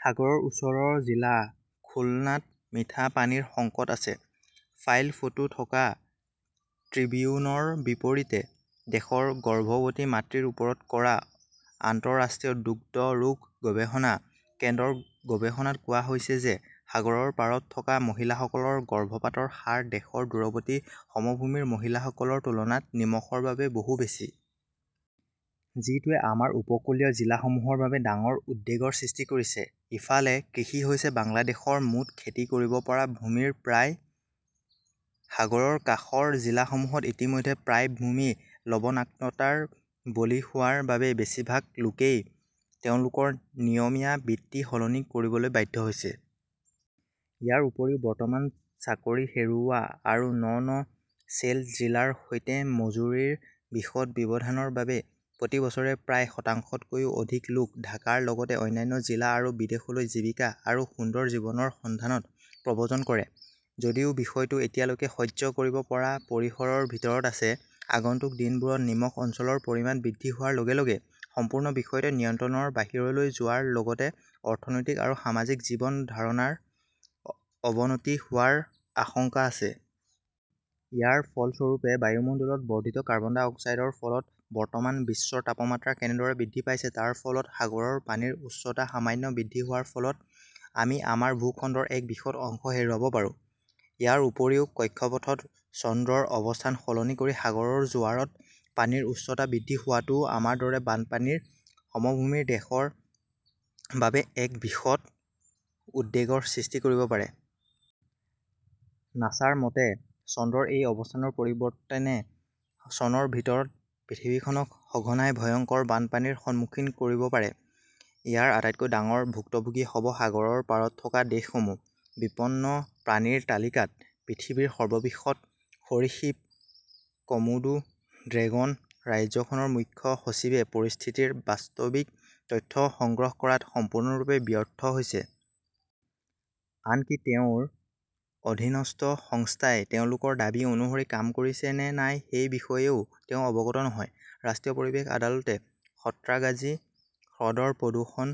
সাগৰৰ ওচৰৰ জিলা খুলনাত মিঠা পানীৰ সংকট আছে। ফাইল ফটো থকা ট্ৰিবিউনৰ বিপৰীতে, দেশৰ গৰ্ভৱতী মাতৃৰ ওপৰত কৰা আন্তঃৰাষ্ট্ৰীয় দুগ্ধ ৰোগ গৱেষণা কেন্দ্ৰৰ গৱেষণাত কোৱা হৈছে যে সাগৰৰ পাৰত থকা মহিলাসকলৰ গৰ্ভপাতৰ হাৰ দেশৰ দূৰৱৰ্তী সমভূমিৰ মহিলাসকলৰ তুলনাত নিমখৰ বাবে বহু বেছি। যিটোৱে আমাৰ উপকূলীয় জিলাসমূহৰ বাবে ডাঙৰ উদ্বেগৰ সৃষ্টি কৰিছে। ইফালে, কৃষি হৈছে বাংলাদেশৰ মুঠ খেতি কৰিব পৰা ভূমিৰ প্ৰায়। সাগৰৰ কাষৰ জিলাসমূহত ইতিমধ্যে প্ৰায় ভূমি লবণাক্ততাৰ বলি হোৱাৰ বাবে বেছিভাগ লোকেই তেওঁলোকৰ নিয়মীয়া বৃত্তি সলনি কৰিবলৈ বাধ্য হৈছে। ইয়াৰ উপৰিও বৰ্তমান চাকৰি হেৰুওৱা আৰু নন-চেল্ট জিলাৰ সৈতে মজুৰিৰ বৃহৎ ব্যৱধানৰ বাবে প্ৰতি বছৰে প্ৰায় শতাংশতকৈও অধিক লোক ঢাকাৰ লগতে অন্যান্য জিলা আৰু বিদেশলৈ জীৱিকা আৰু সুন্দৰ জীৱনৰ সন্ধানত প্ৰব্ৰজন কৰে। যদিও বিষয়টো এতিয়ালৈকে সহ্য কৰিব পৰা পৰিসৰৰ ভিতৰত আছে, আগন্তুক দিনবোৰত নিমখ অঞ্চলৰ পৰিমাণ বৃদ্ধি হোৱাৰ লগে লগে সম্পূৰ্ণ বিষয়টো নিয়ন্ত্ৰণৰ বাহিৰলৈ যোৱাৰ লগতে অৰ্থনৈতিক আৰু সামাজিক জীৱন ধাৰণৰ অৱনতি হোৱাৰ আশংকা আছে। ইয়াৰ ফলস্বৰূপে, বায়ুমণ্ডলত বৰ্ধিত কাৰ্বন-ডাই-অক্সাইডৰ ফলত বৰ্তমান বিশ্বৰ তাপমাত্ৰা কেনেদৰে বৃদ্ধি পাইছে তাৰ ফলত সাগৰৰ পানীৰ উচ্চতা সামান্য বৃদ্ধি হোৱাৰ ফলত আমি আমাৰ ভূখণ্ডৰ এক বৃহৎ অংশ হেৰুৱাব পাৰো। ইয়াৰ উপৰিও কক্ষপথত চন্দ্ৰৰ অৱস্থান সলনি কৰি সাগৰৰ জোৱাৰত পানীৰ উচ্চতা বৃদ্ধি হোৱাটোও আমাৰ দৰে বানপানীৰ সমভূমিৰ দেশৰ বাবে এক বৃহৎ উদ্বেগৰ সৃষ্টি কৰিব পাৰে। নাছাৰ মতে, চন্দ্ৰৰ এই অৱস্থানৰ পৰিৱৰ্তনে চনৰ ভিতৰত পৃথিৱীখনক সঘনাই ভয়ংকৰ বানপানীৰ সন্মুখীন কৰিব পাৰে। ইয়াৰ আটাইতকৈ ডাঙৰ ভুক্তভোগী হ’ব সাগৰৰ পাৰত থকা দেশসমূহ। বিপন্ন প্ৰাণীৰ তালিকাত পৃথিৱীৰ সৰ্ববৃহৎ সৰীসৃপ কমোডো ড্ৰেগন ৰাজ্যখনৰ মুখ্য সচিবে পৰিস্থিতিৰ বাস্তৱিক তথ্য সংগ্ৰহ কৰাত 'সম্পূৰ্ণৰূপে ব্যৰ্থ "হৈছে। আনকি তেওঁৰ অধীনস্থ সংস্থাই তেওঁলোকৰ দাবী অনুসৰি কাম কৰিছে নে নাই সেই বিষয়েও তেওঁ অৱগত নহয়। ৰাষ্ট্ৰীয় পৰিৱেশ আদালতে সাঁত্ৰাগাছী হ্ৰদৰ প্ৰদূষণ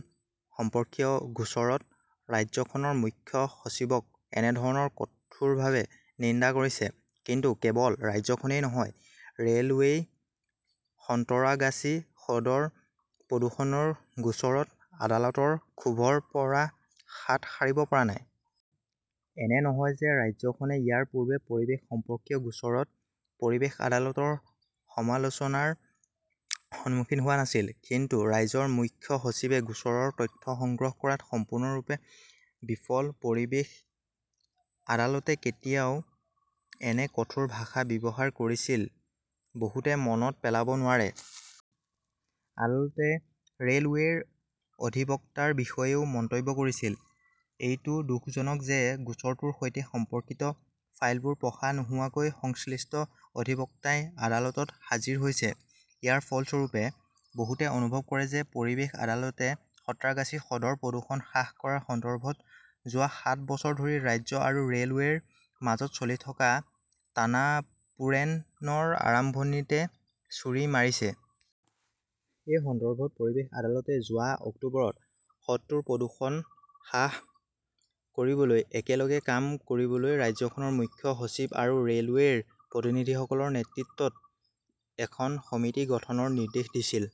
সম্পৰ্কীয় গোচৰত ৰাজ্যখনৰ মুখ্য সচিবক একেধৰণৰ কঠোৰভাৱে নিন্দা কৰিছে। কিন্তু কেৱল ৰাজ্যখনেই নহয়, ৰে’লৱেই সন্তৰাগাছী হ্ৰদৰ প্ৰদূষণৰ গোচৰত আদালতৰ ক্ষোভৰ পৰা হাত সাৰিব পৰা নাই। এনে নহয় যে ৰাজ্যখনে ইয়াৰ পূৰ্বে পৰিৱেশ সম্পৰ্কীয় গোচৰত পৰিৱেশ আদালতৰ সমালোচনাৰ সন্মুখীন হোৱা নাছিল। কিন্তু ৰাজ্যৰ মুখ্য সচিবে গোচৰৰ তথ্য সংগ্ৰহ কৰাত সম্পূৰ্ণৰূপে বিফল পৰিৱেশ আদালতে কেতিয়া এনে কঠোৰ ভাষা ব্যৱহাৰ কৰিছিল বহুতে মনত পেলাব নোৱাৰে। আদালতে ৰে 'লৱেৰ অধিবক্তাৰ বিষয়েও মন্তব্য কৰিছিল, এইটো দুখজনক যে গোচৰটোৰ সৈতে সম্পৰ্কিত ফাইলবোৰ পঢ়া নোহোৱাকৈ সংশ্লিষ্ট অধিবক্তাই আদালতত হাজিৰ হৈছে! ইয়াৰ ফলস্বৰূপে, বহুতে অনুভৱ কৰে যে পৰিৱেশ আদালতে সাঁত্ৰাগাছী হ্ৰদৰ প্ৰদূষণ হ্ৰাস কৰাৰ সন্দৰ্ভত যোৱা সাত বছৰ ধৰি ৰাজ্য আৰু ৰে’লৱেৰ মাজত চলি থকা টানাপোড়েন ৰ আৰম্ভণিতে ছুৰী মাৰিছে। এই সন্দৰ্ভত পৰিৱেশ আদালতে যোৱা অক্টোবৰত হ্ৰদটোৰ প্ৰদূষণ হ্ৰাস কৰিবলৈ একেলগে কাম কৰিবলৈ ৰাজ্যখনৰ মুখ্য সচিব আৰু ৰে "লৱেৰ প্ৰতিনিধিসকলৰ নেতৃত্বত এখন সমিতি গঠনৰ নিৰ্দেশ দিছিল।